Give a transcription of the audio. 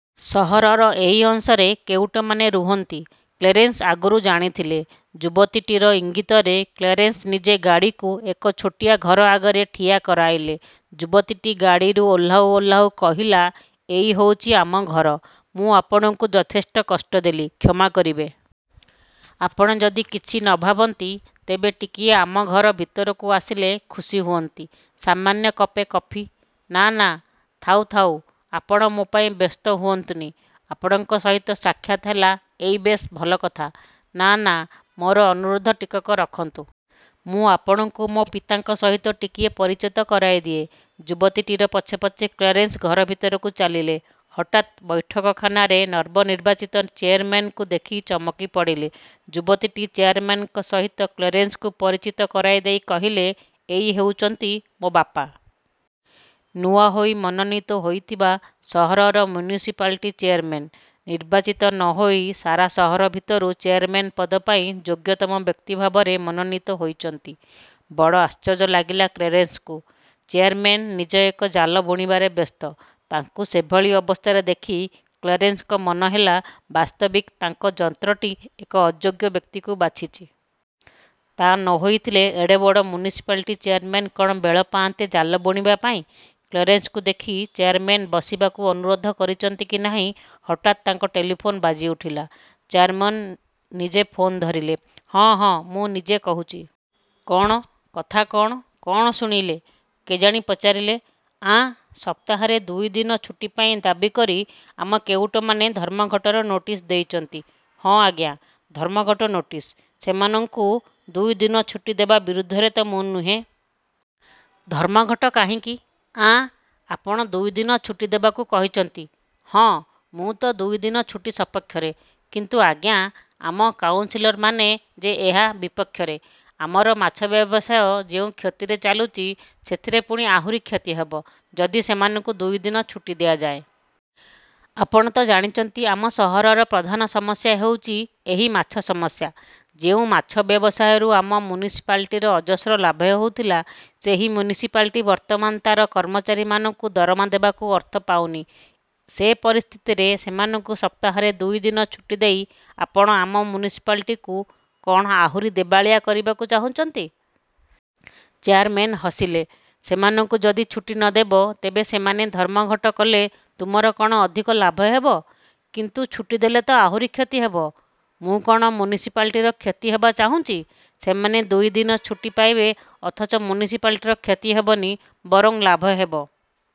ସହରର ଏହି ଅଂଶରେ କେଉଟମାନେ ରହନ୍ତି, କ୍ଳେରେନ୍ସ ଆଗରୁ ଜାଣିଥିଲେ-। ଯୁବତୀଟିର ଇଙ୍ଗିତରେ କ୍ଳେରେନ୍ସ ନିଜେ ଗାଡ଼ିକୁ ଏକ ଛୋଟିଆ ଘର ଆଗରେ ଠିଆ କରାଇଲେ। ଯୁବତୀଟି ଗାଡ଼ିରୁ ଓହ୍ଲାଉ ଓହ୍ଲାଉ କହିଲା, ''ଏଇ ହେଉଛି ଆମ ଘର। '' ମୁଁ ଆପଣଙ୍କୁ ଯଥେଷ୍ଟ କଷ୍ଟ ଦେଲି, କ୍ଷମା କରିବେ। ଆପଣ ଯଦି କିଛି ନ ଭାବନ୍ତି ତେବେ ଟିକିଏ ଆମ ଘର ଭିତରକୁ ଆସିଲେ ଖୁସି ହୁଅନ୍ତି। ସାମାନ୍ୟ କପେ କଫି- ''ନା, ଥାଉ ଥାଉ, ଆପଣ ମୋ। ପାଇଁ ବ୍ୟସ୍ତ ହୁଅନ୍ତୁନି। ଆପଣଙ୍କ ସହିତ ସାକ୍ଷାତ ହେଲା, ଏଇ ବେଶ୍ ଭଲକଥା। ''ନା, ନାଁ, ମୋର ଅନୁରୋଧ ଟିକକ ରଖନ୍ତୁ। ମୁଁ ଆପଣଙ୍କୁ ମୋ ପିତାଙ୍କ ସହିତ ଟିକିଏ ପରିଚିତ କରାଇ ଦିଏଁ। '' ''ଯୁବତୀଟିର ପଛେ ପଛେ କ୍ଳେରେନସ୍ ଘର ଭିତରକୁ ଚାଲିଲେ। ହଠାତ୍ ବୈଠକଖାନାରେ ନବନିର୍ବାଚିତ ଚେୟାରମେନଙ୍କୁ ଦେଖି ଚମକି ପଡ଼ିଲେ। ଯୁବତୀଟି ଚେୟାରମେନଙ୍କ ସହିତ କ୍ଳେରେନ୍ସଙ୍କୁ ପରିଚିତ କରାଇ ଦେଇ କହିଲେ, ''ଏଇ ହେଉଛନ୍ତି ମୋ ବାପା। ନୂଆ ହୋଇ ମନୋନୀତ ହୋଇଥିବା ସହରର ମ୍ୟୁନିସିପାଲିଟି ଚେୟାରମେନ। ନିର୍ବାଚିତ ନ ହୋଇ ସାରା ସହର ଭିତରୁ ଚେୟାରମେନ ପଦ ପାଇଁ ଯୋଗ୍ୟତମ ବ୍ୟକ୍ତି ଭାବରେ ମନୋନୀତ ହୋଇଛନ୍ତି। ''ବଡ଼ ଆଶ୍ଚର୍ଯ୍ୟ ଲାଗିଲା କ୍ଳେରନ୍ସଙ୍କୁ; ଚେୟାରମେନ ନିଜେ ଏକ ଜାଲ ବୁଣିବାରେ ବ୍ୟସ୍ତ। ତାଙ୍କୁ ସେଭଳି ଅବସ୍ଥାରେ ଦେଖି କ୍ଳେରେନ୍ସଙ୍କ ମନହେଲା ବାସ୍ତବିକ ତାଙ୍କ ଯନ୍ତ୍ରଟି ଏକ ଅଯୋଗ୍ୟ ବ୍ୟକ୍ତିକୁ ବାଛିଛି। ତା ନ ହୋଇଥିଲେ ଏଡେ ବଡ଼ ମ୍ୟୁନିସିପାଲିଟି ଚେୟାରମେନ କ'ଣ ବେଳ ପାଆନ୍ତେ, ଜାଲ ବୁଣିବା ପାଇଁ। ''କ୍ଳେରେନ୍ସଙ୍କୁ ଦେଖି ଚେୟାରମେନ ବସିବାକୁ ଅନୁରୋଧ କରିଛନ୍ତି କି ନାହିଁ, ହଠାତ୍ ତାଙ୍କ ଟେଲିଫୋନ୍ ବାଜି ଉଠିଲା। ଚେୟାରମେନ ନିଜେ ଫୋନ୍ ଧରିଲେ। ''ହଁ, ହଁ, ମୁଁ ନିଜେ କହୁଛି। କ'ଣ, କଥା କ'ଣ? '' କ'ଣ ଶୁଣିଲେ କେଜାଣି ପଚାରିଲେ। ''ଆଁ, ସପ୍ତାହରେ ଦୁଇ ଦିନ ଛୁଟି ପାଇଁ ଦାବୀ କରି ଆମ କେଉଟମାନେ ଧର୍ମଘଟର ନୋଟିସ୍ ଦେଇଛନ୍ତି? '' 'ହଁ, ଆଜ୍ଞା। ' ''ଧର୍ମଘଟ ନୋଟିସ? ସେମାନଙ୍କୁ ଦୁଇ ଦିନ ଛୁଟି ଦେବା ବିରୁଦ୍ଧରେ ତ ମୁଁ ନୁହେଁ। ଧର୍ମଘଟ କାହିଁକି? '' ''ଆଁ, ଆପଣ ଦୁଇଦିନ ଛୁଟି ଦେବାକୁ କହିଛନ୍ତି? '' ''ହଁ, ମୁଁ ତ ଦୁଇଦିନ ଛୁଟି ସପକ୍ଷରେ। '' ''କିନ୍ତୁ ଅଜ୍ଞା, ଆମ କାଉନସିଲରମାନେ ଯେ ଏହା ବିପକ୍ଷରେ। ଆମର ମାଛ ବ୍ୟବସାୟ ଯେଉଁ କ୍ଷତିରେ ଚାଲୁଛି, ସେଥିରେ ପୁଣି ଆହୁରି କ୍ଷତି ହେବ, ଯଦି ସେମାନଙ୍କୁ ଦୁଇଦିନ ଛୁଟି ଦିଆଯାଏ। ଆପଣ ତ ଜାଣିଛନ୍ତି ଆମ ସହରର ପ୍ରଧାନ ସମସ୍ୟା ହେଉଛି, ଏହି ମାଛ ସମସ୍ୟା। ଯେଉଁ ମାଛ ବ୍ୟବସାୟରୁ ଆମ ମ୍ୟୁନିସିପାଲିଟିର ଅଜସ୍ର ଲାଭ ହେଉଥିଲା, ସେହି ମ୍ୟୁନିସିପାଲିଟି ବର୍ତ୍ତମାନ ତାର କର୍ମଚାରୀମାନଙ୍କୁ ଦରମା ଦେବାକୁ ଅର୍ଥ ପାଉନି। ସେ ପରିସ୍ଥିତିରେ ସେମାନଙ୍କୁ ସପ୍ତାହରେ ଦୁଇ ଦିନ ଛୁଟି ଦେଇ ଆପଣ ଆମ ମ୍ୟୁନିସିପାଲିଟିକୁ କ'ଣ ଆହୁରି ଦେବାଳିଆ କରିବାକୁ ଚାହୁଁଛନ୍ତି? '' ଚେୟାରମେନ ହସିଲେ, ''ସେମାନଙ୍କୁ ଯଦି ଛୁଟି ନ ଦେବ, ତେବେ ସେମାନେ ଧର୍ମଘଟ କଲେ ତୁମର କ'ଣ ଅଧିକ ଲାଭ ହେବ? ''କିନ୍ତୁ ଛୁଟି ଦେଲେ ତ ଆହୁରି କ୍ଷତି ହେବ? '' ''ମୁଁ କ'ଣ ମ୍ୟୁନିସିପାଲିଟିର କ୍ଷତି ହେବା ଚାହୁଁଛି। ସେମାନେ ଦୁଦିନ ଛୁଟି ପାଇବେ ଅଥଚ ମ୍ୟୁନିସିପାଲିଟିର କ୍ଷତି ହେବନି, ବରଂ ଲାଭ ହେବ।